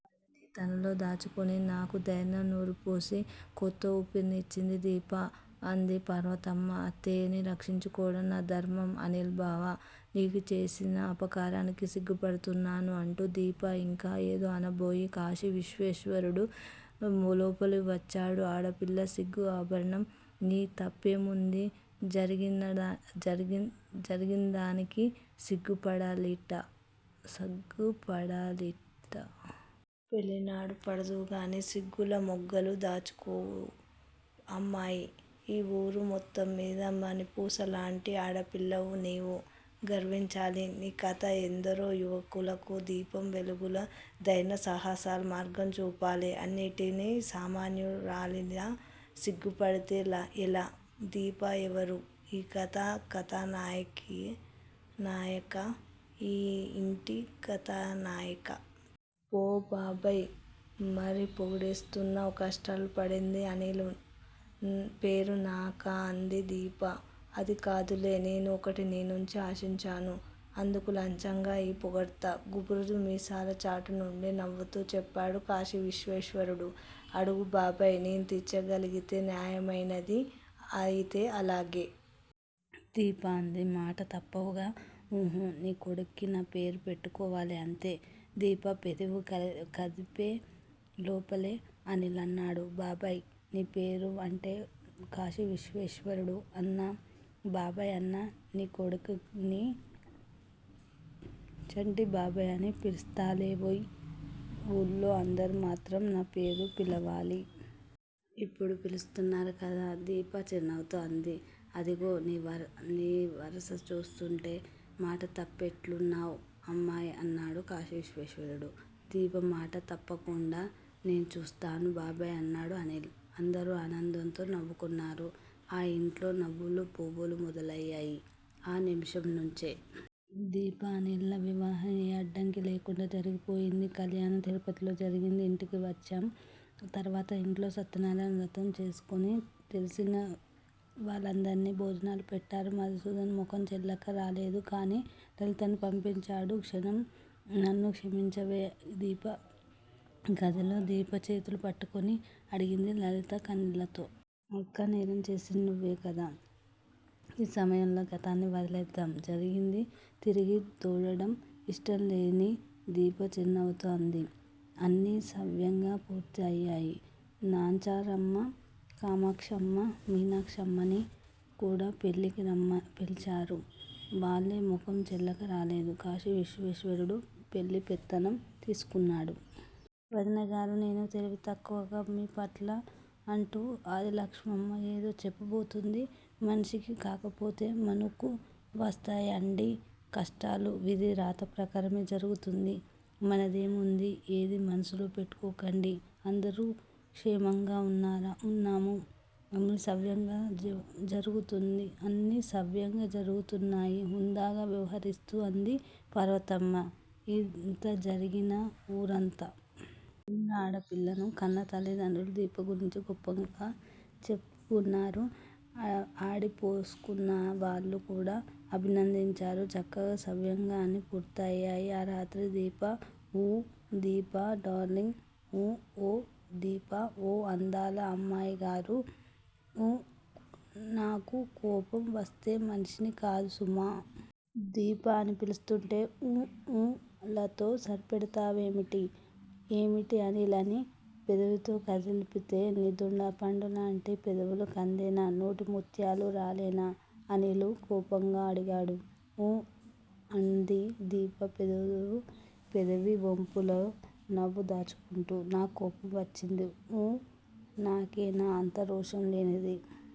తనలో దాచుకుని నాకు ధైర్యం నూరుపోసి కొత్తవూపిరి ఇచ్చింది దీప. అంది పార్వతమ్మ. అత్తయ్యని రక్షించుకోవటం నా ధర్మం అనిల్. బావ నీకుచేసిన అపకారానికి సిగ్గుపడుతున్నాను అంటూ దీప యింకా ఏదో అనబోయింది కాశీవిశ్వేశ్వరుడు లోపలికి వచ్చాడు. ఆడపిల్లకి సిగ్గే ఆభరణం. నీ తప్పేముందని జరిగిందానికి సిగ్గుపడాలిట. పెళ్ళినాడు పడుదువుగాని సిగ్గుల మొగ్గలు దాచేసుకో అమ్మాయ్. ఈవూరు మొత్తంమీద మణిపూసలాంటి ఆడపిల్లవు నీవు. గర్వించాలి. నీ కథ ఎందరో యువతులకి దీపం వెలుగులా ధైర్యసాహసాల మార్గం చూపాలి. అన్నింటికి సామాన్యురాలిలా సిగ్గుపడితే ఎలా. దీప ఎవరు! ఈ కథకి కథానాయిక ఈ యింటి కథానాయిక. ఫో బాబాయ్! మరీ పొగిడేస్తున్నావ్. కష్టాలుపడింది అనిల్. పేరు నాకా అంది దీప. అదికాదులే నేను ఒకటి నీ నుంచి ఆసించాను. అందుకు లంచంగా ఈ పొగడ్త. గుబురు మీసాలచాటు నుంచి నవ్వుతూ చెప్పాడు కాశీవిశ్వేశ్వరుడు. అడుగు బాబాయ్! నేను తీర్చగలిగేది, న్యాయమైనది అయితే అలాగే. దీప అంది. మాట తప్పవుగా. ఉహూ. నీ కొడుక్కి నాపేరు పెట్టుకోవాలి అంతే. దీప పెదవి కదిపే లోపలే అనిల్ అన్నాడు. బాబాయ్, నీ పేరు అంటే కాశీవిశ్వేశ్వరుడు అనా! బాబాయ్ అనా. నీ కొడుకుని చంటి బాబాయ్ అని పిలుస్తాలేవోయ్. వూళ్ళో అందరూ మాత్రం నా పేరు పిలవాలి. ఇప్పుడు పిలుస్తున్నారు కదా! దీప చిరునవ్వుతో అంది. అదిగో నీవరస చూస్తుంటే మాట తప్పేటట్లున్నావు. అమ్మాయ్! అన్నాడు కాశీవిశ్వేశ్వరుడు. దీప మాట తప్పకుండా నే చూస్తాగా బాబాయ్! అన్నాడు అనిల్. అందరూ ఆనందంగా నవ్వుకున్నారు. ఆ యింట్లో నవ్వులు పువ్వులు మొదలయ్యాయి ఆ నిమిషం నుంచే. దీప అనిల్ ల వివాహం ఏ అడ్డంకి లేకుండ జరిగిపోయింది. కళ్యాణం తిరుపతిలో జరిగింది. ఇంటికి వచ్చిం తరువాత ఇంట్లో సత్యనారాయణ వ్రతం చేసుకుని తెలిసిన వాళ్ళందరికి భోజనాలు పెట్టారు. మధుసూదనం ముఖం చెల్లక రాలేదు గాని లలితని పంపించాడు. నన్ను క్షమించవే దీపా! గదిలో దీప చేతులు పట్టుకుని అడిగింది లలిత కన్నీళ్ళతో. అక్కా! నేరం చేసింది నీవు కాదు. ఈ సమయంలో గతాన్ని వదిలేద్దాము. జరిగింది తిరగ దోడటం యిష్టంలేని దీప చిరునవ్వుతో అంది. అన్నీ సవ్యంగా పూర్తి అయాయి. నాంచారమ్మ కామాక్షమ్మ మీనాక్షమ్మని కూడా పెళ్ళికి పిలిచారు. వాళ్ళే ముఖం చెల్లక రాలేదు. కాశీవిశ్వేశ్వరుడు పెళ్ళి పెత్తనం తీసుకున్నాడు. వదినగారూ! నేను తెలివితక్కువగ మీపట్ల! అంటూ ఆదిలక్ష్మమ్మ ఏదో చెప్పబోయింది. మనిషికి కాకపోతే మానుకు వస్తాయటండీ కష్టాలు! విధి రాతప్రకారమే జరుగుతుంది. మనదేముంది. ఏదీ మనసులో పెట్టుకోకండి. అందరం క్షేమంగ వున్నాము. అన్నీ సవ్యంగ జరుగుతున్నాయి. హుందాగ వ్యవహరిస్తూ అంది పార్వతమ్మ. ఇంత జరిగాక. ఊరంతా. ముఖ్యంగా ఆడపిల్లను కన్న తల్లిదండ్రులు దీప గురించి గొప్పగా చెప్పుకున్నారు. ఆడిపోసుకున్న వాళ్ళు కూడా అభినందించారు. చక్కగా సవ్యంగా అన్నీ పూర్తయ్యాయి. ఆ రాత్రి. దీపా! ఊ దీపా డార్లింగ్! ఊ ఓ దీపా. ఓ అందాల అమ్మాయి గారూ. ఊ నాకు కోపం వస్తే మనిషిని కాదు సుమా! దీపా! అని పిలుస్తుంటే ఊ ఊ లతో సరిపెడతావేమిటి? ఏమిటి అనిల్! అని పెదలవి కదిపితే నీ దొండపండు లాంటి పెదవులు కందేనా! నోటి ముత్యాలు రాలేనా అనిల్ కోపంగా అడిగాడు. ఊ అంది దీప పెదవి వొంపులో నవ్వు దాచుకుంటూ. నాకు కోపం వచ్చింది. ఊ నాకేనా అంత రోషం లేనిది.